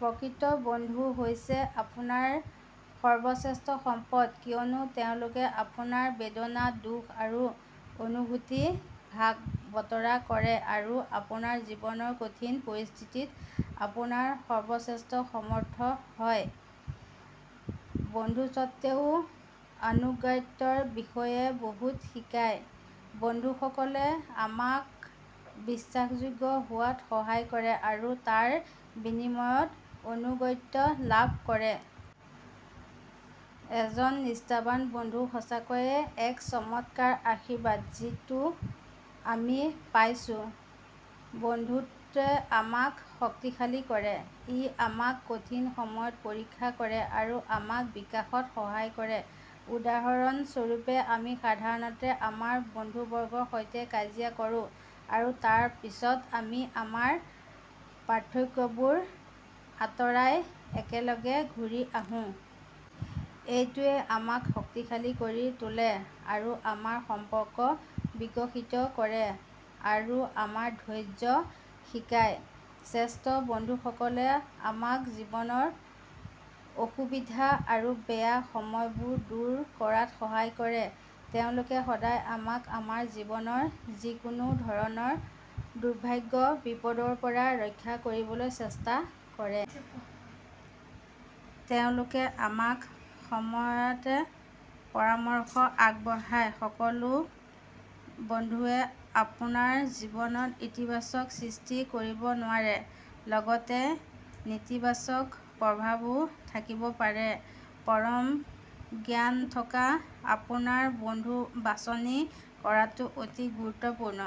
প্ৰকৃত বন্ধুহৈছে আপোনাৰ সৰ্বশ্ৰেষ্ঠ সম্পদ কিয়নো তেওঁলোকে আপোনাৰ বেদনা, দুখ আৰু অনুভূতি ভাগ বতৰা কৰে আৰু আপোনাৰ জীৱনৰ কঠিন পৰিস্থিতিত আপোনাৰ সৰ্বশ্ৰেষ্ঠ সমৰ্থন হয়। বন্ধুত্বেও আনুগত্যৰ বিষয়ে বহুত শিকায়। বন্ধুসকলে আমাক বিশ্বাসযোগ্য হোৱাত সহায় কৰে আৰু তাৰ বিনিময়ত আনুগত্য লাভ কৰে। এজন নিষ্ঠাৱান বন্ধু সঁচাকৈয়ে এক চমৎকাৰ আশীৰ্বাদ যিটো আমি পাইছো। বন্ধুত্বে আমাক শক্তিশালী কৰে। ই আমাক কঠিন সময়ত পৰীক্ষা কৰে আৰু আমাক বিকাশত সহায় কৰে। উদাহৰণ স্বৰূপে, আমি সাধাৰণতে আমাৰ বন্ধুবৰ্গৰ সৈতে কাজিয়া কৰোঁ, আৰু তাৰ পিছত, আমি আমাৰ পাৰ্থক্যবোৰ আঁতৰাই একেলগে ঘূৰি আহো। এইটোৱেই আমাক শক্তিশালী কৰি তোলে আৰু আমাৰ সম্পৰ্ক বিকশিত কৰে আৰু আমাক ধৈৰ্য্য শিকায়। শ্ৰেষ্ঠ বন্ধুসকলে আমাক জীৱনৰ অসুবিধা আৰু বেয়া সময়বোৰ দূৰ কৰাত সহায় কৰে। তেওঁলোকে সদায় আমাক আমাৰ জীৱনৰ যিকোনো ধৰণৰ দুৰ্ভাগ্যৰ বিপদৰ পৰা ৰক্ষা কৰিবলৈ চেষ্টা কৰে। তেওঁলোকে আমাক সময়মতে পৰামৰ্শ আগবঢ়ায়। সকলো বন্ধুৱে আপোনাৰ জীৱনত ইতিবাচকতা সৃষ্টি কৰিব নোৱাৰে। লগতে নেতিবাচক প্ৰভাৱো থাকিব পাৰে। পৰম জ্ঞানথকা আপোনাৰ বন্ধুবাছনি কৰাটো অতি গুৰুত্বপূৰ্ণ।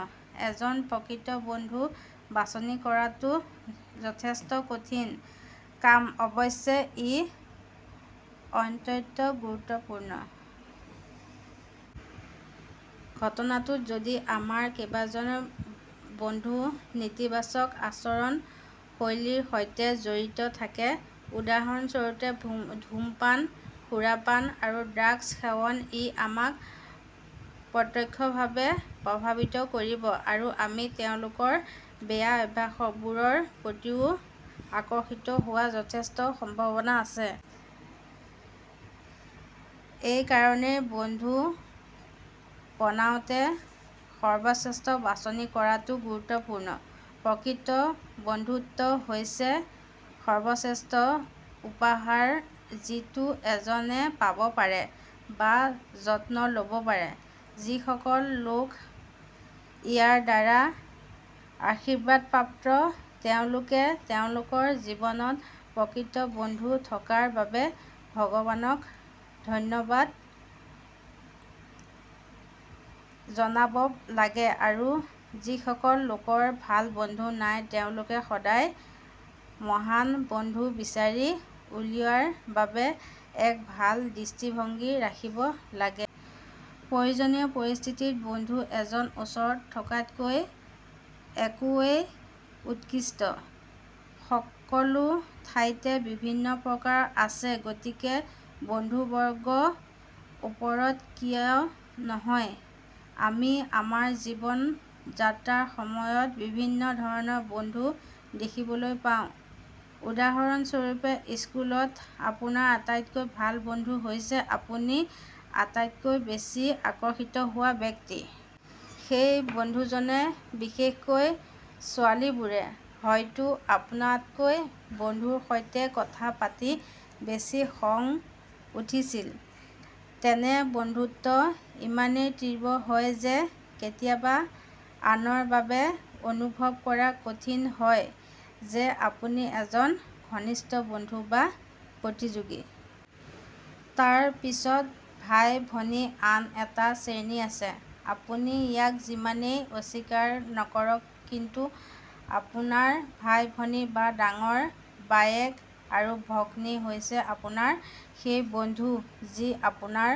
এজন প্ৰকৃত বন্ধু বাছনি কৰাটো যথেষ্ট কঠিন কাম অৱশ্যে ই অত্যন্ত গুৰুত্বপূৰ্ণ। ঘটনাটোত, যদি আমাৰ কেইজনমান বন্ধুনেতিবাচক আচৰণ শৈলীৰ সৈতে জড়িত থাকে, উদাহৰণ স্বৰূপে, ধূমপান, সুৰাপান আৰু ড্ৰাগ সেৱন, ই আমাক প্ৰত্যক্ষভাৱে প্ৰভাৱিত কৰিব আৰু আমি তেওঁলোকৰ বেয়া অভ্যাসবোৰৰ প্ৰতিও আকৰ্ষিত হোৱাৰ যথেষ্ট সম্ভাৱনা আছে। এইকাৰণেই বন্ধু বনাওঁতে সৰ্বশ্ৰেষ্ঠ বাছনি কৰাটো গুৰুত্বপূৰ্ণ। প্ৰকৃত বন্ধুত্ব হৈছে সৰ্বশ্ৰেষ্ঠ উপহাৰ যিটো এজনে পাব পাৰে বা যত্ন ল'ব পাৰে। যিসকল লোক ইয়াৰ দ্বাৰা আশীৰ্বাদপ্ৰাপ্ত তেওঁলোকে তেওঁলোকৰ জীৱনত প্ৰকৃত বন্ধু থকাৰ বাবে ভগৱানক ধন্যবাদ জনাব লাগে আৰু যিসকল লোকৰ ভাল বন্ধু নাই তেওঁলোকে সদায়ে মহান বন্ধু বিচাৰি উলিওৱাৰ বাবে এক ভাল দৃষ্টিভংগী ৰাখিব লাগে। প্ৰয়োজনীয় পৰিস্থিতিত বন্ধু এজন ওচৰত থকাতকৈ একো ৱেই উৎকৃষ্ট। সকলোঠাইতে বিভিন্ন প্ৰকাৰ আছে, গতিকে বন্ধুবৰ্গৰ ওপৰত কিয় নহয়। আমি আমাৰ জীৱন যাত্ৰাৰ সময়ত বিভিন্ন ধৰণৰ বন্ধু দেখিবলৈ পাওঁ। উদাহৰণ স্বৰূপে, স্কুলত আপোনাৰ আটাইতকৈ ভাল বন্ধু হৈছে আপুনি আটাইতকৈ বেছি আকৰ্ষিত হোৱা ব্যক্তি। সেই বন্ধুজনে, বিশেষকৈ ছোৱালীবোৰে, হয়তো আপোনাতকৈ বন্ধুৰ সৈতে কথা পাতি বেছি খং উঠিছিল। এনে বন্ধুত্ব ইমানেই তীব্ৰ হয় যে কেতিয়াবা আনৰ বাবে অনুভৱ কৰা কঠিন হয় যে আপুনি এজন ঘনিষ্ঠ বন্ধু বা প্ৰতিযোগী। তাৰ পিছত ভাই-ভনীৰ আন এটা শ্ৰেণী আছে। আপুনি ইয়াক যিমানেই অস্বীকাৰ নকৰক, কিন্তু আপোনাৰ ভাই-ভনী বা ডাঙৰ ভায়েক আৰু ভগ্নী হৈছে আপোনাৰ সেই বন্ধু যি আপোনাৰ